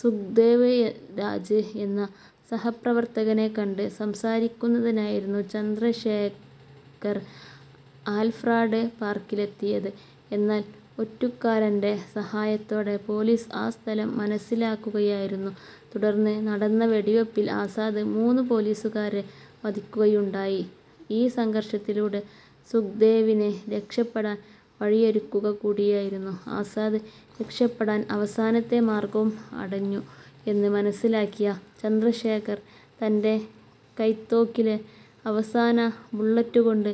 സുഖ്ദേവ് രാജ് എന്ന സഹപ്രവർത്തകനെ കണ്ട് സംസാരിക്കുന്നതിനായിരുന്നു ചന്ദ്രശേഖർ ആൽഫ്രാഡ് പാർക്കിലെത്തിയത്. എന്നാൽ ഒറ്റുകാരന്റെ സഹായത്തോടെ പോലീസ് ആ സ്ഥലം മനസ്സിലാക്കുകായിരുന്നു. തുടർന്നു നടന്ന വെടിവെപ്പിൽ ആസാദ് മൂന്നു പോലീസുകാരെ വധിക്കുകയുണ്ടായി. ഈ സംഘർഷത്തിലൂടെ സുഖ്ദേവിന് രക്ഷപ്പെടാൻ വഴിയൊരുക്കുക കൂടിയായിരുന്നു ആസാദ്. രക്ഷപ്പെടാൻ അവസാനത്തെ മാർഗ്ഗവും അടഞ്ഞു എന്ന് മനസ്സിലാക്കിയ ചന്ദ്രശേഖർ തന്റെ കൈത്തോക്കിലെ അവസാന ബുള്ളറ്റുകൊണ്ട്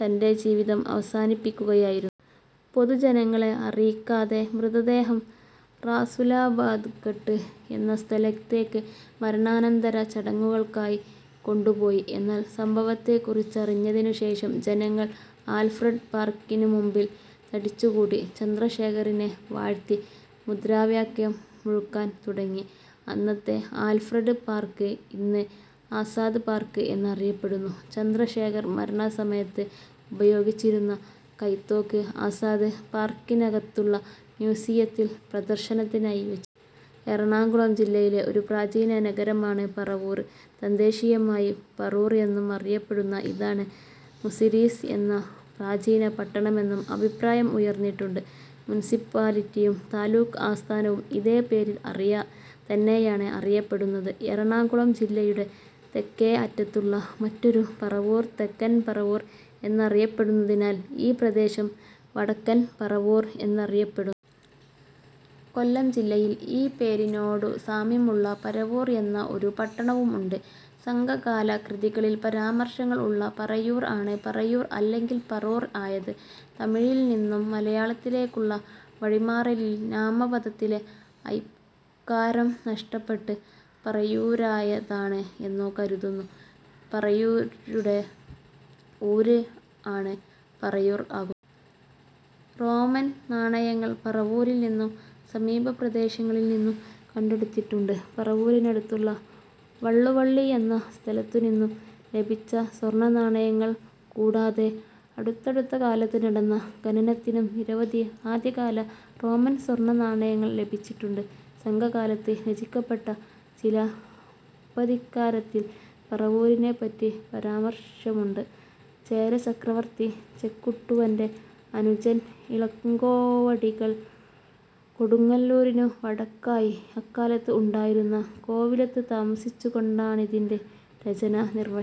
തന്റെ ജീവിതം അവസാനിപ്പിക്കുകയായിരുന്നു. പൊതുജനങ്ങളെ അറിയിക്കാതെ മൃതദേഹം റാസുലാബാദ് ഘട്ട് എന്ന സ്ഥലത്തേക്ക് മരണാനന്തര ചടങ്ങുകൾക്കായി കൊണ്ടു പോയി. എന്നാൽ സംഭവത്തെക്കുറിച്ചറിഞ്ഞതിനുശേഷം ജനങ്ങൾ ആൽഫ്രഡ് പാർക്കിനുമുമ്പിൽ തടിച്ചു കൂടി ചന്ദ്രശേഖറിനെ വാഴ്ത്തി മുദ്രാവാക്യം മുഴക്കാൻ തുടങ്ങി. അന്നത്തെ ആൽഫ്രഡ് പാർക്ക് ഇന്ന് ആസാദ് പാർക്ക് എന്നറിയപ്പെടുന്നു. ചന്ദ്രശേഖർ മരണസമയത്ത് ഉപയോഗിച്ചിരുന്ന കൈത്തോക്ക് ആസാദ് പാർക്കിനകത്തുള്ള മ്യൂസിയത്തിൽ പ്രദർശനത്തിനായി വെ എറണാകുളം ജില്ലയിലെ ഒരു പ്രാചീന നഗരമാണ് പറവൂർ. തദ്ദേശീയമായി പറൂർ എന്നും അറിയപ്പെടുന്ന ഇതാണ് മുസിരിസ് എന്ന പ്രാചീന പട്ടണമെന്നും അഭിപ്രായം ഉയർന്നിട്ടുണ്ട്. മുൻസിപ്പാലിറ്റിയും താലൂക്ക് ആസ്ഥാനവും ഇതേ പേരിൽ അറിയ തന്നെയാണ് അറിയപ്പെടുന്നത്. എറണാകുളം ജില്ലയുടെ തെക്കേ അറ്റത്തുള്ള മറ്റൊരു പറവൂർ തെക്കൻ പറവൂർ എന്നറിയപ്പെടുന്നതിനാൽ, ഈ പ്രദേശം വടക്കൻ പറവൂർ എന്നറിയപ്പെടുന്നു. കൊല്ലം ജില്ലയിൽ ഈ പേരിനോടു സാമ്യം ഉള്ള പരവൂർ എന്ന ഒരു പട്ടണവും ഉണ്ട്. സംഘകാല കൃതികളിൽ പരാമർശങ്ങൾ ഉള്ള പറയൂർ ആണ് പറവൂർ അല്ലെങ്കിൽ പറൂർ ആയത്. തമിഴിൽ നിന്നും മലയാളത്തിലേക്കുള്ള വഴിമാറലിൽ നാമപദത്തിലെ ഐ കാരം നഷ്ടപ്പെട്ട് പറയൂരായതാണ് എന്നു കരുതുന്നു. പറയൂരുടെ ഊര് ആണ് പറയൂർ ആകു റോമൻ നാണയങ്ങൾ പറവൂരിൽ നിന്നും സമീപപ്രദേശങ്ങളിൽ നിന്നും കണ്ടെടുത്തിട്ടുണ്ട്. പറവൂരിനടുത്തുള്ള വള്ളുവള്ളി എന്ന സ്ഥലത്തുനിന്നും ലഭിച്ച സ്വർണ്ണനാണയങ്ങൾ കൂടാതെ അടുത്തടുത്തകാലത്ത് നടന്ന ഖനനത്തിലും നിരവധി ആദ്യകാല റോമൻ സ്വർണ്ണനാണയങ്ങൾ ലഭിച്ചിട്ടുണ്ട്. സംഘകാലത്ത് രചിക്കപ്പെട്ട ചിലപ്പതികാരത്തിൽ പറവൂരിനെ പറ്റി പരാമർശമുണ്ട്. ചേരചക്രവർത്തി ചെക്കുട്ടുവന്റെ അനുജൻ ഇളങ്കോവടികൾ കൊടുങ്ങല്ലൂരിനു വടക്കായി അക്കാലത്ത് ഉണ്ടായിരുന്ന കോവിലത്ത് താമസിച്ചുകൊണ്ടാണിതിന്റെ രചന നിർവ്വ.